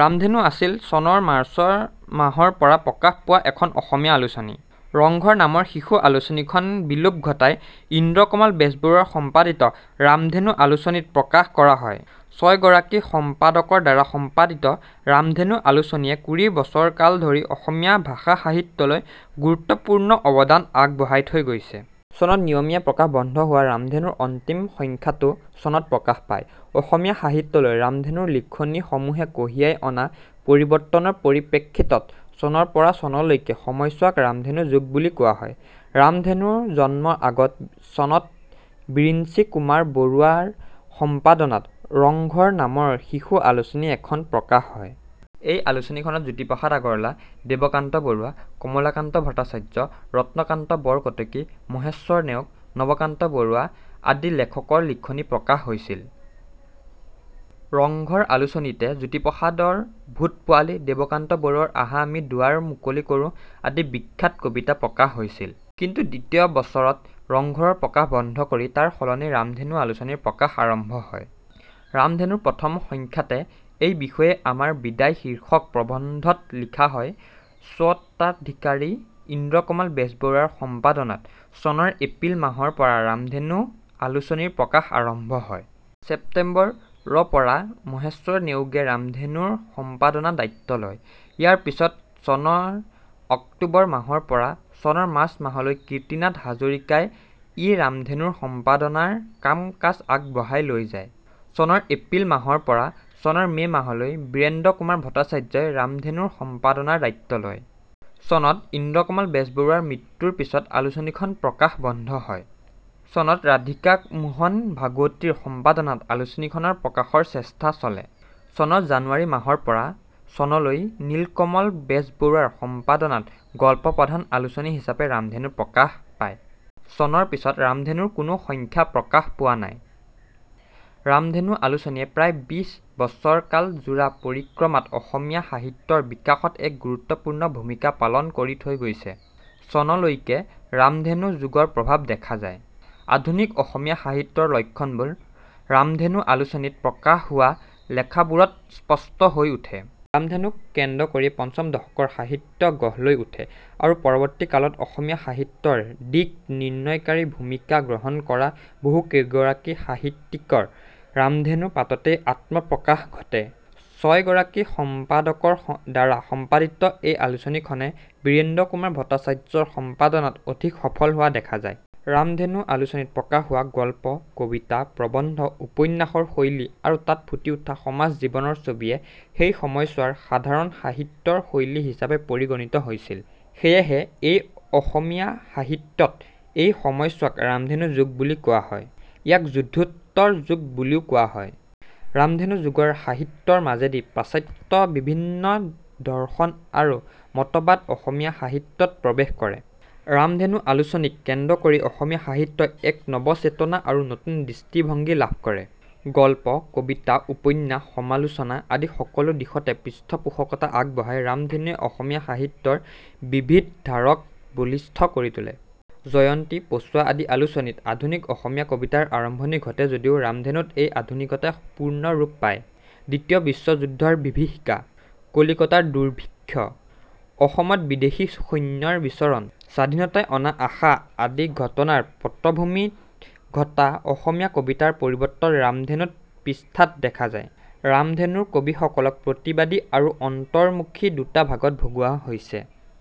ৰামধেনু আছিল চনৰ মাৰ্চ মাহৰ পৰা প্ৰকাশ পোৱা এখন অসমীয়া আলোচনী। ৰংঘৰ নামৰ শিশু আলোচনীখনৰ বিলোপ ঘটাই ইন্দ্ৰকমল বেজবৰুৱাৰ সম্পাদনাত ৰামধেনু আলোচনীখন প্ৰকাশ কৰা হয়। ছয়গৰাকী সম্পাদকৰ দ্বাৰা সম্পাদিত ৰামধেনু আলোচনীয়ে কুৰি বছৰকাল ধৰি অসমীয়া ভাষা-সাহিত্যলৈ গুৰুত্বপূৰ্ণ অৱদান আগবঢ়াই থৈ গৈছে। চনত নিয়মীয়া প্ৰকাশ বন্ধ হোৱা ৰামধেনুৰ অন্তিম সংখ্যাটো চনত প্ৰকাশ পায়। অসমীয়া সাহিত্যলৈ ৰামধেনুৰ লিখনি সমূহে কঢ়িয়াই অনা পৰিৱৰ্তনৰ পৰিপ্ৰেক্ষিতত চনৰ পৰা চনলৈকে সময়ছোৱাক ৰামধেনু যুগ বুলি কোৱা হয়। ৰামধেনুৰ জন্মৰ আগত চনত বিৰিঞ্চি কুমাৰ বৰুৱা ৰ সম্পাদনাত ৰংঘৰ নামৰ শিশু আলোচনী এখন প্ৰকাশ হয়। এই আলোচনীখনত জ্যোতিপ্ৰসাদ আগৰৱালা, দেৱকান্ত বৰুৱা, কমলাকান্ত ভট্টাচাৰ্য, ৰত্নকান্ত বৰকাকতী, মহেশ্বৰ নেওগ, নৱকান্ত বৰুৱা আদি লেখকৰ লিখনি প্ৰকাশ হৈছিল। ৰংঘৰ আলোচনীতে জ্যোতিপ্ৰসাদৰ ভূত পোৱালি, দেৱকান্ত বৰুৱাৰ আহা আমি দুৱাৰ মুকলি কৰোঁ আদি বিখ্যাত কবিতা প্ৰকাশ হৈছিল। কিন্তু দ্বিতীয় বছৰত ৰংঘৰৰ প্ৰকাশ বন্ধ কৰি তাৰ সলনি ৰামধেনু আলোচনীৰ প্ৰকাশ আৰম্ভ হয়। ৰামধেনুৰ প্ৰথম সংখ্যাতে এই বিষয়ে আমাৰ বিদায় শীৰ্ষক প্ৰবন্ধত লিখা হয়– স্বত্বাধিকাৰী ইন্দ্ৰকমল বেজবৰুৱাৰ সম্পাদনাত চনৰ এপ্ৰিল মাহৰ পৰা ৰামধেনু আলোচনীৰ প্ৰকাশ আৰম্ভ হয়। ছেপ্তেম্বৰ, ৰ পৰা মহেশ্বৰ নেওগে ৰামধেনুৰ সম্পাদনাৰ দ্বায়িত্ব লয়। ইয়াৰ পিছত চনৰ অক্টোবৰ মাহৰ পৰা চনৰ মাৰ্চ মাহলৈ কীৰ্তিনাথ হাজৰিকা ই ৰামধেনুৰ সম্পাদনাৰ কাম-কাজ আগবঢ়াই লৈ যায়। চনৰ এপ্ৰিল মাহৰ পৰা চনৰ মে' মাহলৈ বীৰেন্দ্ৰ কুমাৰ ভট্টাচাৰ্য ই ৰামধেনুৰ সম্পাদনাৰ দায়িত্ব লয়। চনত ইন্দ্ৰকমল বেজবৰুৱাৰ মৃত্যুৰ পিছত আলোচনীখনৰ প্ৰকাশ বন্ধ হয়। চনত ৰাধিকামোহন ভাগৱতী ৰ সম্পাদনাত আলোচনীখনৰ প্ৰকাশৰ চেষ্টা চলে। চনৰ জানুৱাৰী মাহৰ পৰা চনলৈ নীলকমল বেজবৰুৱাৰ সম্পাদনাত গল্প প্ৰধান আলোচনী হিচাপে ৰামধেনু প্ৰকাশ পায়। চনৰ পিছত ৰামধেনুৰ কোনো সংখ্যা প্ৰকাশ পোৱা নাই। ৰামধেনু আলোচনীয়ে প্ৰায় বিশ বছৰকাল যোৰা পৰিক্ৰমাত অসমীয়া সাহিত্য ৰ বিকাশত এক গুৰুত্বপূৰ্ণ ভূমিকা পালন কৰি থৈ গৈছে। চনলৈকে ৰামধেনু যুগৰ প্ৰভাৱ দেখা যায়। আধুনিক অসমীয়া সাহিত্যৰ লক্ষণবোৰ ৰামধেনু আলোচনীত প্ৰকাশ হোৱা লেখাবোৰত স্পষ্ট হৈ উঠে। ৰামধেনুক কেন্দ্ৰ কৰিয়েই পঞ্চম দশকৰ সাহিত্য গঢ় লৈ উঠে আৰু পৰৱৰ্তীকালত অসমীয়া সাহিত্যৰ দিক-নিৰ্ণয়কাৰী ভূমিকা গ্ৰহণ কৰা বহুকেইগৰাকী সাহিত্যিকৰ ৰামধেনুৰ পাততেই আত্মপ্ৰকাশ ঘটে। ছয়গৰাকী সম্পাদকৰ দ্বাৰা সম্পাদিত এই আলোচনীখনে বীৰেন্দ্ৰ কুমাৰ ভট্টাচাৰ্য ৰ সম্পাদনাত অধিক সফল হোৱা দেখা যায়। ৰামধেনু আলোচনীত প্ৰকাশ হোৱা গল্প-কবিতা-প্ৰবন্ধ-উপন্যাসৰ শৈলী আৰু তাত ফুটি উঠা সমাজ-জীৱনৰ ছবিয়ে সেই সময়ছোৱাৰ সাধাৰণ সাহিত্যৰ শৈলী হিচাপে পৰিগণিত হৈছিল। সেয়েহে এই অসমীয়া সাহিত্যত এই সময়ছোৱাক ৰামধেনু যুগ বুলি কোৱা হয়। ইয়াক যুদ্ধোত্তৰ যুগ বুলিও কোৱা হয়। ৰামধেনু যুগৰ সাহিত্যৰ মাজেদি পাশ্চাত্যৰ বিভিন্ন দৰ্শন আৰু মতবাদ অসমীয়া সাহিত্যত প্ৰৱেশ কৰে। ৰামধেনু আলোচনীক কেন্দ্ৰ কৰি অসমীয়া সাহিত্যই এক নৱচেতনা আৰু নতুন দৃষ্টিভংগী লাভ কৰে। গল্প, কবিতা, উপন্যাস, সমালোচনা আদি সকলো দিশতে পৃষ্ঠপোষকতা আগবঢ়াই ৰামধেনুৱে অসমীয়া সাহিত্যৰ বিবিধ ধাৰাক বলিষ্ঠ কৰি তোলে। জয়ন্তী, পছোৱা আদি আলোচনীত আধুনিক অসমীয়া কবিতাৰ আৰম্ভণি ঘটে যদিও ৰামধেনুত এই আধুনিকতাই পূৰ্ণ ৰূপ পায়। দ্বিতীয় বিশ্বযুদ্ধ ৰ বিভীষিকা, কলিকতাৰ দুৰ্ভিক্ষ, অসমত বিদেশী সৈন্যৰ বিচৰণ, স্বাধীনতাই অনা আশা আদি ঘটনাৰ পটভূমিত ঘটা অসমীয়া কবিতাৰ পৰিৱৰ্তন ৰামধেনুৰ পৃষ্ঠাত দেখা যায়। ৰামধেনুৰ কবিসকলক প্ৰগতিবাদী আৰু অন্তৰ্মুখী দুটা ভাগত ভগোৱা হৈছে।